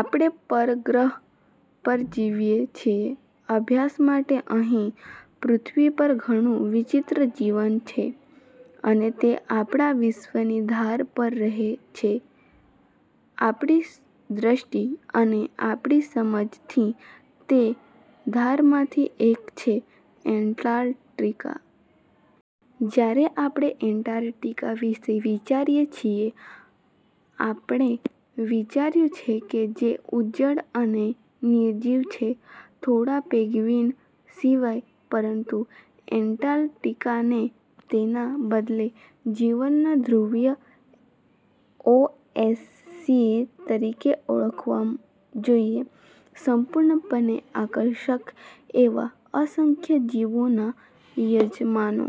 આપણે પરગ્રહ પર જીવીએ છીએ. અભ્યાસ માટે અહીં પૃથ્વી પર ઘણું વિચિત્ર જીવન છે, અને તે આપણા વિશ્વની ધાર પર રહે છે, આપણી દૃષ્ટિ અને આપણી સમજ થી. તે ધારમાંથી એક છે એન્ટાર્કટિકા. જ્યારે આપણે એન્ટાર્કટિકા વિશે વિચારીએ છીએ, આપણે વિચાર્યું છે કે જે ઉજ્જડ અને નિર્જીવ છે... થોડા પેન્ગ્વિન સિવાય. પરંતુ એન્ટાર્કટિકાને તેના બદલે જીવનના ધ્રુવીય ઓએસિસ તરીકે ઓળખવા જોઈએ, સંપૂર્ણપણે આકર્ષક એવા અસંખ્ય જીવોના યજમાનો.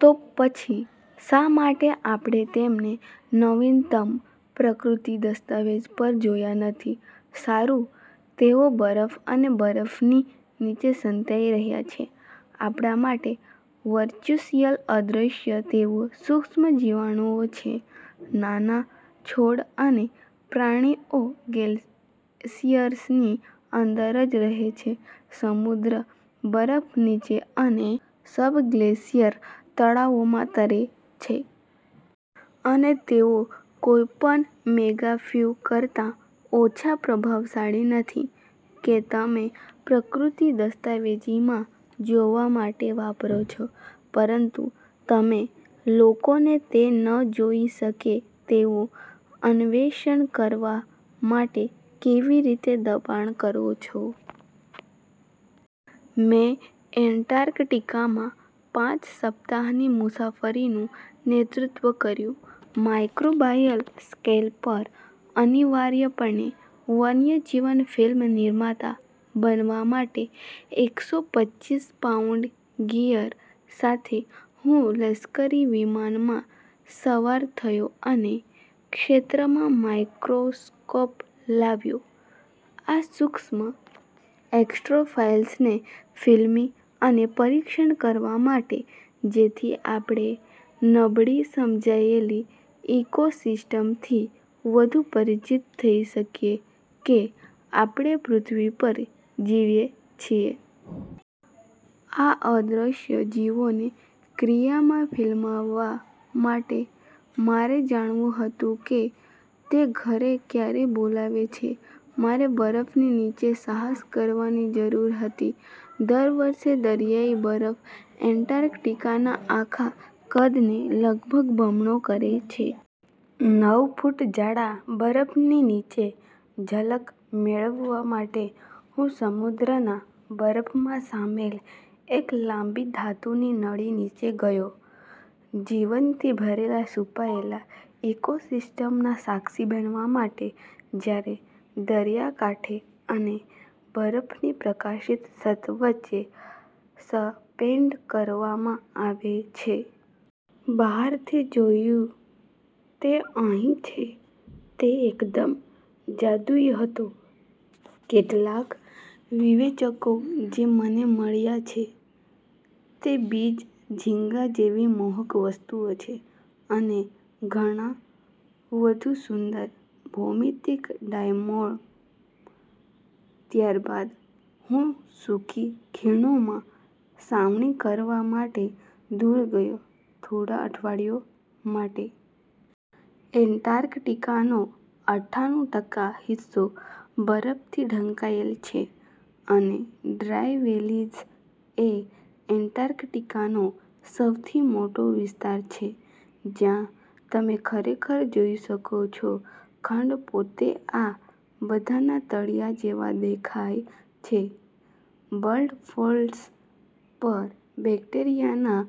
તો પછી શા માટે આપણે તેમને નવીનતમ પ્રકૃતિ દસ્તાવેજ પર જોયા નથી? સારું, તેઓ બરફ અને બરફની નીચે સંતાઈ રહ્યા છે. આપણા માટે વર્ચ્યુઅલ અદ્રશ્ય. તેઓ સુક્ષ્મજીવાણુઓ છે: નાના છોડ અને પ્રાણીઓ ગ્લેસિયર્સની અંદર જ રહે છે, સમુદ્ર બરફ નીચે અને સબગ્લેશિયલ તળાવોમાં તરે છે. અને તેઓ કોઈપણ મેગાફ્યુ કરતા ઓછા પ્રભાવશાળી નથી કે તમે પ્રકૃતિ દસ્તાવેજી માં જોવા માટે વાપરો છો. પરંતુ તમે લોકોને તે ન જોઈ શકે તેવું અન્વેષણ કરવા માટે કેવી રીતે દબાણ કરો છો? મેં એન્ટાર્કટિકામાં પાંચ સપ્તાહની મુસાફરીનું નેતૃત્વ કર્યું માઇક્રોબાયલ સ્કેલ પર અનિવાર્યપણે વન્યજીવન ફિલ્મ નિર્માતા બનવા માટે. એકસો પચીસ પાઉન્ડ ગિયર સાથે, હું લશ્કરી વિમાનમાં સવાર થયો અને ક્ષેત્રમાં માઇક્રોસ્કોપ લાવ્યો આ સૂક્ષ્મ એક્સ્ટ્રોફાઇલ્સને ફિલ્મી અને પરીક્ષણ કરવા માટે, જેથી આપણે નબળી સમજાયેલી ઇકોસિસ્ટમથી વધુ પરિચિત થઈ શકીએ કે આપણે પૃથ્વી પર જીવીએ છીએ. આ અદ્રશ્ય જીવોને ક્રિયામાં ફિલ્માવવા માટે, મારે જાણવું હતું કે તે ઘરે ક્યાં બોલાવે છે મારે બરફની નીચે સાહસ કરવાની જરૂર હતી. દર વર્ષે, દરિયાઈ બરફ એન્ટાર્કટિકાના આખા કદને લગભગ બમણો કરે છે. નવ ફૂટ જાડા બરફની નીચે ઝલક મેળવવા માટે, હું સમુદ્રના બરફમાં શામેલ એક લાંબી, ધાતુની નળી નીચે ગયો જીવનથી ભરેલા છુપાયેલા ઇકોસિસ્ટમના સાક્ષી બનવા માટે, જ્યારે દરિયાકાંઠે અને બરફની પ્રકાશિત છત વચ્ચે સપેન્ડ કરવામાં આવે છે. બહારથી જોયું તે અહીં છે. તે એકદમ જાદુઈ હતો. કેટલાક વિવેચકો જે મને મળ્યાં છે તે બીજ ઝીંગા જેવી મોહક વસ્તુઓ છે અને ઘણા વધુ સુંદર, ભૌમિતિક ડાયટોમ. ત્યારબાદ હું સુકી ખીણોમાં છાવણી કરવા માટે દૂર ગયો થોડા અઠવાડિયા માટે. એન્ટાર્કટિકાનો અઠ્ઠાણું ટકા હિસ્સો બરફથી ઢંકાયેલ છે અને ડ્રાય વેલીઝ એ એન્ટાર્કટિકાનો સૌથી મોટો વિસ્તાર છે જ્યાં તમે ખરેખર જોઈ શકો છો ખંડ પોતે આ બધાના તળિયા જેવા દેખાય છે? બ્લડફોલ્સ પર બેક્ટેરિયાના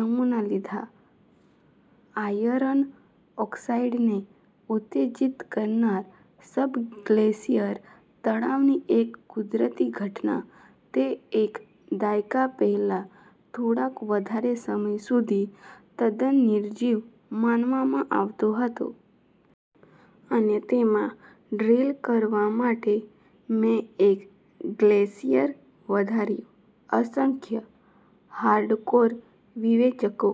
નમૂના લીધાં, આયર્ન ઓકસાઈડને ઉત્તેજીત કરનાર સબગ્લેશિયલ તળાવની એક કુદરતી ઘટના તે એક દાયકા પહેલાં થોડાક વધારે સમય સુધી તદ્દન નિર્જીવ માનવામાં આવતો હતો. અને તેમાં ડ્રીલ કરવા માટે મેં એક ગ્લેશિયર વધારી, અસંખ્ય, હાર્ડકોર વિવેચકો